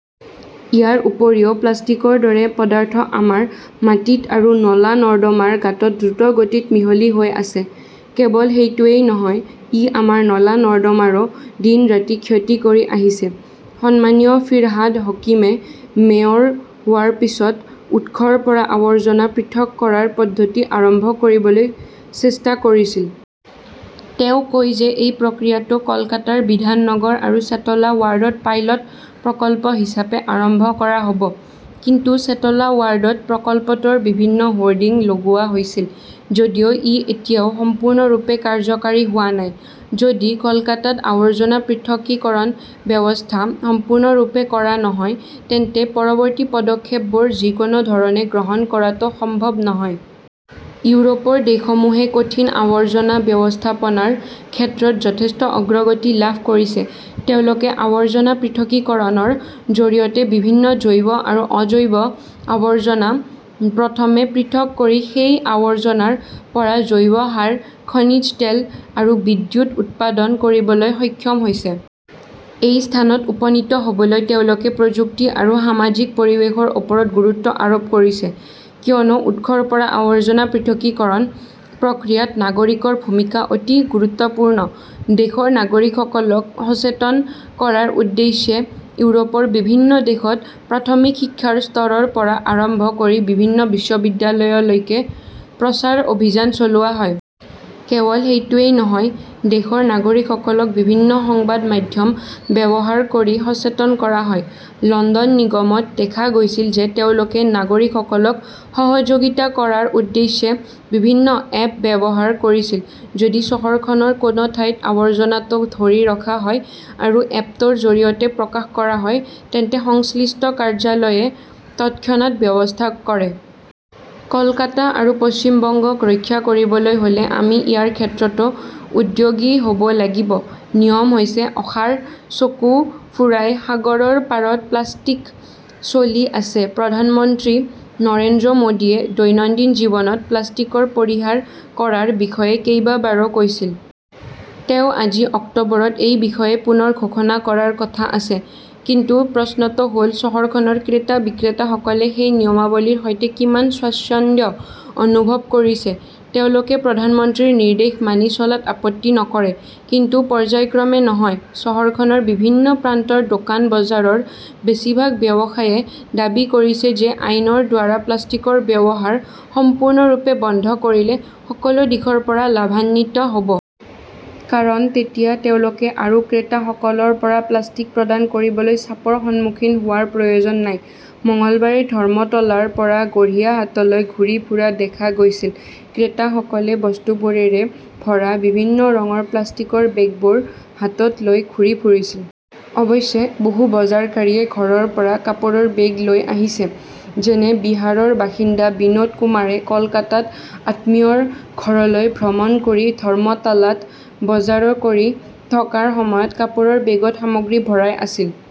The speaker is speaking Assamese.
ইয়াৰ উপৰিও প্লাষ্টিকৰ দৰে পদাৰ্থ আমাৰ মাটিত আৰু নলা-নৰ্দমাৰ গাঁতত দ্ৰুতগতিত মিহলি হৈ আছে। কেৱল সেইটোৱেই নহয়, ই আমাৰ নলা-নৰ্দমাৰো দিন-ৰাতি ক্ষতি কৰি আহিছে। সন্মানীয় ফিৰহাদ হকীমে মেয়ৰ হোৱাৰ পিছত উৎসৰ পৰা আৱৰ্জনা পৃথক কৰাৰ পদ্ধতি আৰম্ভ কৰিবলৈ চেষ্টা কৰিছিল। তেওঁ কয় যে এই প্ৰক্ৰিয়াটো কলকাতাৰ বিধাননগৰ আৰু চেটলা ৱাৰ্ডত পাইলট প্ৰকল্প হিচাপে আৰম্ভ কৰা হ 'ব, কিন্তু চেটলা ৱাৰ্ডত প্ৰকল্পটোৰ বিভিন্ন হোৰ্ডিং লগোৱা হৈছিল যদিও ই এতিয়াও সম্পূৰ্ণৰূপে কাৰ্যকৰী হোৱা নাই। যদি কলকাতাত আৱৰ্জনা পৃথকীকৰণ ব্যৱস্থা সম্পূৰ্ণৰূপে আৰম্ভ কৰা নহয়, তেন্তে পৰৱৰ্তী পদক্ষেপবোৰ যিকোনো ধৰণে গ্ৰহণ কৰাটো সম্ভৱ নহয়। ইউৰোপৰ দেশসমূহে কঠিন আৱৰ্জনা ব্যৱস্থাপনাৰ ক্ষেত্ৰত যথেষ্ট অগ্ৰগতি লাভ কৰিছে। তেওঁলোকে আৱৰ্জনা পৃথকীকৰণৰ জৰিয়তে বিভিন্ন জৈৱ আৰু অজৈব আৱৰ্জনা প্ৰথমে পৃথক কৰি সেই আৱৰ্জনাৰ পৰা জৈৱ সাৰ, খনিজ তেল আৰু বিদ্যুৎ উৎপাদন কৰিবলৈ সক্ষম হৈছে। এই স্থানত উপনীত হ 'বলৈ তেওঁলোকে প্ৰযুক্তি আৰু সামাজিক পৰিৱেশৰ ওপৰত গুৰুত্ব আৰোপ কৰিছে, কিয়নো উৎসৰ পৰা আৱৰ্জনা পৃথকীকৰণ প্ৰক্ৰিয়াত নাগৰিকৰ ভূমিকা অতি গুৰুত্বপূৰ্ণ। দেশৰ নাগৰিকসকলক সচেতন কৰাৰ উদ্দেশ্যে ইউৰোপৰ বিভিন্ন দেশত প্ৰাথমিক শিক্ষাৰ স্তৰৰ পৰা আৰম্ভ কৰি বিভিন্ন বিশ্ববিদ্যালয়লৈকে প্ৰচাৰ অভিযান চলোৱা হয়। কেৱল সেইটোৱেই নহয়, দেশৰ নাগৰিকসকলক বিভিন্ন সংবাদ মাধ্যম ব্যৱহাৰ কৰি সচেতন কৰা হয়। লণ্ডন নিগমত দেখা গৈছিল যে তেওঁলোকে নাগৰিকসকলক সহযোগিতা কৰাৰ উদ্দেশ্যে বিভিন্ন 'এপ "ব্যৱহাৰ কৰিছিল। যদি চহৰখনৰ কোনো ঠাইত আৱৰ্জনাটো ধৰি ৰখা হয় আৰু এপটোৰ জৰিয়তে প্ৰকাশ কৰা হয় তেন্তে সংশ্লিষ্ট কাৰ্যালয়ে তৎক্ষণাত ব্যৱস্থা কৰে। কলকাতা আৰু পশ্চিম বংগক ৰক্ষা কৰিবলৈ হ'লে আমি ইয়াৰ ক্ষেত্ৰতো উদ্যোগী হ' ব লাগিব। নিয়ম হৈছে অসাৰ, চকু ফুৰাই সাগৰৰ পাৰত প্লাস্তিক চলি আছে প্ৰধানমন্ত্ৰী নৰেন্দ্ৰ মোদীয়ে দৈনন্দিন জীৱনত প্লাষ্টিকৰ পৰিহাৰ কৰাৰ বিষয়ে কেইবাবাৰো কৈছিল। তেওঁ আজি, অক্টোবৰত এই বিষয়ে পুনৰ ঘোষণা কৰাৰ কথা আছে। কিন্তু প্ৰশ্নটো হ'ল, চহৰখনৰ ক্ৰেতা-বিক্ৰেতাসকলে সেই নিয়মাৱলীৰ সৈতে কিমান স্বাচ্ছন্দ্য অনুভৱ কৰিছে? তেওঁলোকে প্ৰধানমন্ত্ৰীৰ নিৰ্দেশ মানি চলাত আপত্তি নকৰে। কিন্তু পৰ্য্যায়ক্ৰমে নহয়। চহৰখনৰ বিভিন্ন প্ৰান্তৰ দোকান-বজাৰৰ বেছিভাগ ব্যৱসায়ীয়ে দাবী কৰিছে যে আইনৰ দ্বাৰা প্লাষ্টিকৰ ব্যৱহাৰ সম্পূৰ্ণৰূপে বন্ধ কৰিলে সকলো দিশৰ পৰা লাভান্বিত হ 'ব। কাৰণ তেতিয়া তেওঁলোকে আৰু ক্ৰেতাসকলৰ পৰা প্লাষ্টিক প্ৰদান কৰিবলৈ 'চাপ' ৰ সন্মুখীন হোৱাৰ প্ৰয়োজন নাই। মঙলবাৰে ধৰ্মতলাৰ পৰা গড়িয়াহাটলৈ ঘূৰি ফুৰা দেখা গৈছিল, ক্ৰেতাসকলে বস্তুবোৰেৰে ভৰা বিভিন্ন ৰঙৰ প্লাষ্টিকৰ বেগবোৰ হাতত লৈ ঘূৰি ফুৰিছিল। অৱশ্যে, বহু বজাৰকাৰীয়ে ঘৰৰ পৰা কাপোৰৰ বেগ লৈ আহিছে। যেনে বিহাৰৰ বাসিন্দা বিনোদ কুমাৰে কলকাতাত আত্মীয়ৰ ঘৰলৈ ভ্ৰমণ কৰি ধৰ্মতালাত বজাৰ কৰি থকাৰ সময়ত কাপোৰৰ বেগত সামগ্ৰী ভৰাই আছিল।